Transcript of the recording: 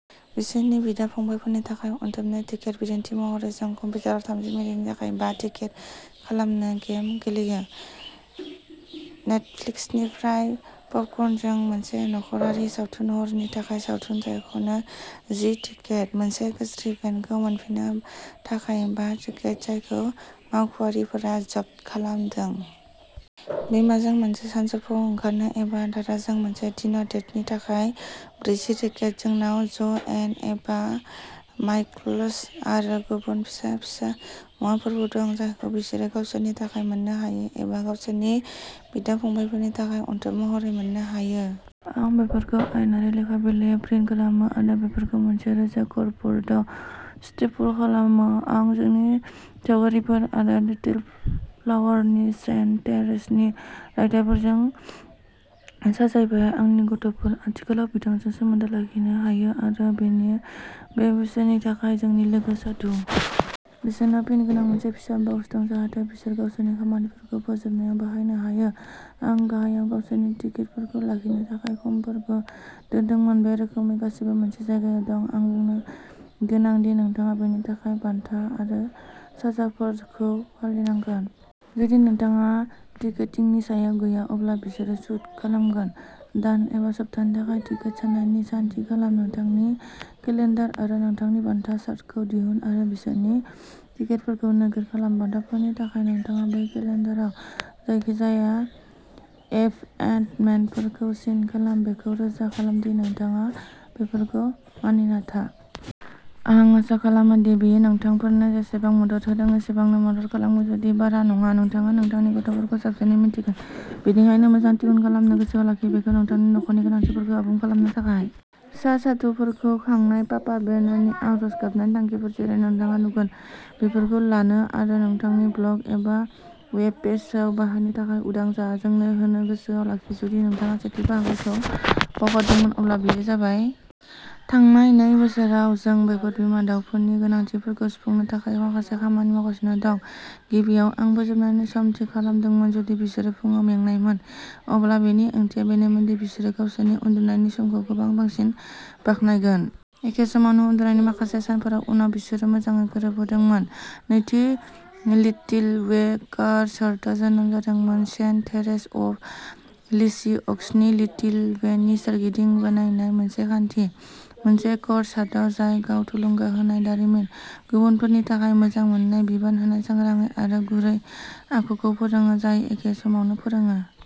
बिसोरनि बिदा-फंबायफोरनि थाखाय अनथोबनि टिकेट। बिदिन्थि महरै, जों कम्पिउटाराव थामजि मिनिटनि थाखाय बा टिकेट खालामो गेम गेलेयो। नेटफ्लिक्सनिफ्राय पपकर्नजों मोनसे नख'रारि सावथुन हरनि थाखाय सावथुन सायख'नो जि टिकेट। मोनसे गाज्रि बेन्डखौ मोनफिन्नो थाखाय बा टिकेट जायखौ मावख'आरिफोरा जब्द खालामदों। बिमाजों मोनसे सानजौफुआव ओंखारनो एबा दादाजों मोनसे डिनर डेटनि थाखाय ब्रैजि टिकेट। जोंनाव ज' एन एबा माइकल्स आरो गुबुन फिसा-फिसा मुवाफोरबो दं जायखौ बिसोरो गावसोरनि थाखाय मोननो हायो एबा गावसोरनि बिदा-फंबायफोरनि थाखाय अनथोब महरै मोननो हायो। आं बेफोरखौ आयेनारि लेखा बिलायाव प्रिन्ट खालामो आरो बेफोरखौ मोनसे रोजा कर्कब'र्डआव स्टेपल खालामो। आं जोंनि सावगारिफोर आरो लिटिल फ्लावरनि सेन्ट थेरेसनि रायथाइफोरजों साजायबाय। आंनि गथ'फोर। आथिखालाव बिथांजों सोमोन्दो लाखिनो हायो आरो बियो बे बोसोरनि थाखाय जोंनि लोगो साधु। बिसोरनाव पिन गोनां मोनसे फिसा बक्स दं, जाहाथे बिसोर गावसोरनि खामानिफोरखौ फोजोबनायाव बाहायनो हायो। आं गाहायाव गावसोरनि टिकेटफोरखौ लाखिनो थाखाय खामफोरबो दोन्दोंमोन। बे रोखोमै गासैबो मोनसे जायगायाव दं। आं बुंनो गोनां दि नोंथाङा बेनि थाखाय बान्था आरो साजाफोरखौ फालिनांगोन। जुदि नोंथाङा टिकेटिंनि सायाव गैया, अब्ला बिसोरो सुद खोमागोन। दान एबा सप्तानि थाखाय टिकेट सान्नायनि सान थि खालाम। नोंथांनि केलेन्डार आरो नोंथांनि बान्था चार्टखौ दिहुन आरो बिसोरनि टिकेटफोरखौ नोगोद खालाम। बान्थाफोरनि थाखाय नोंथाङा बै केलेन्डाराव जायखिजाया एपइन्टमेन्टफोरखौ सिन खालाम, बेखौ रोखा खालाम दि नोंथाङा बेफोरखौ मानिना था। आं आसा खालामो दि बेयो नोंथांफोरनो जेसेबां मदद होदों एसेबांनो मदद खालामगोन, जुदि बारा नङा। नोंथाङा नोंथांनि गथ'फोरखौ साबसिनै मिन्थिगोन, बेनिखायनो मोजां टिउन खालामनो गोसोआव लाखि। बेखौ नोंथांनि नखरनि गोनांथिफोरखौ आबुं खालामनो थाखाय। फिसा साधुफोरखौ खांनाय पापा बेननि आरज गाबनायनि थांखिफोर जेरै नोंथाङा नुगोन? बेफोरखौ लानो आरो नोंथांनि ब्लग एबा वेब पेजआव बाहायनो थाखाय उदां जा, जोंनो होनो गोसोआव लाखि जुदि नोंथाङा सेथि बाहागोखौ बावगारदोंमोन, अब्ला बेयो जाबाय। थांनाय नै बोसोराव जों बेफोर बिमा दावफोरनि गोनांथिफोरखौ सुफुंनो थाखाय माखासे खामानि मावगासिनो दं। गिबियाव, आं फोजाबनायनि सम थि खालामदोंमोन। जुदि बिसोरो फुंआव मेंनायमोन, अब्ला बेनि ओंथिया बेनोमोन दि बिसोरो गावसोरनि उन्दुनायनि समखौ गोबां बांसिन बाख्नायगोन। एखे समावनो उन्दुनायनि माखासे सानफोरनि उनाव, बिसोरो मोजाङै गोरोबहोदोंमोन। नैथि, लिटिल वे कर चार्टआ जोनोम जादोंमोन सेन्ट थेरेस अफ लिसिअक्सनि लिटिल वेनि सोरगिदिं बानायनाय मोनसे खान्थि। मोनसे कर चार्ट जाय गाव थुलुंगा होनाय दारिमिन, गुबुनफोरनि थाखाय मोजां मोननाय, बिबान होनाय, सांग्राङै आरो गुरै आखुखौ फोरोंङो, जाय एखे समावनो फोरोंङो।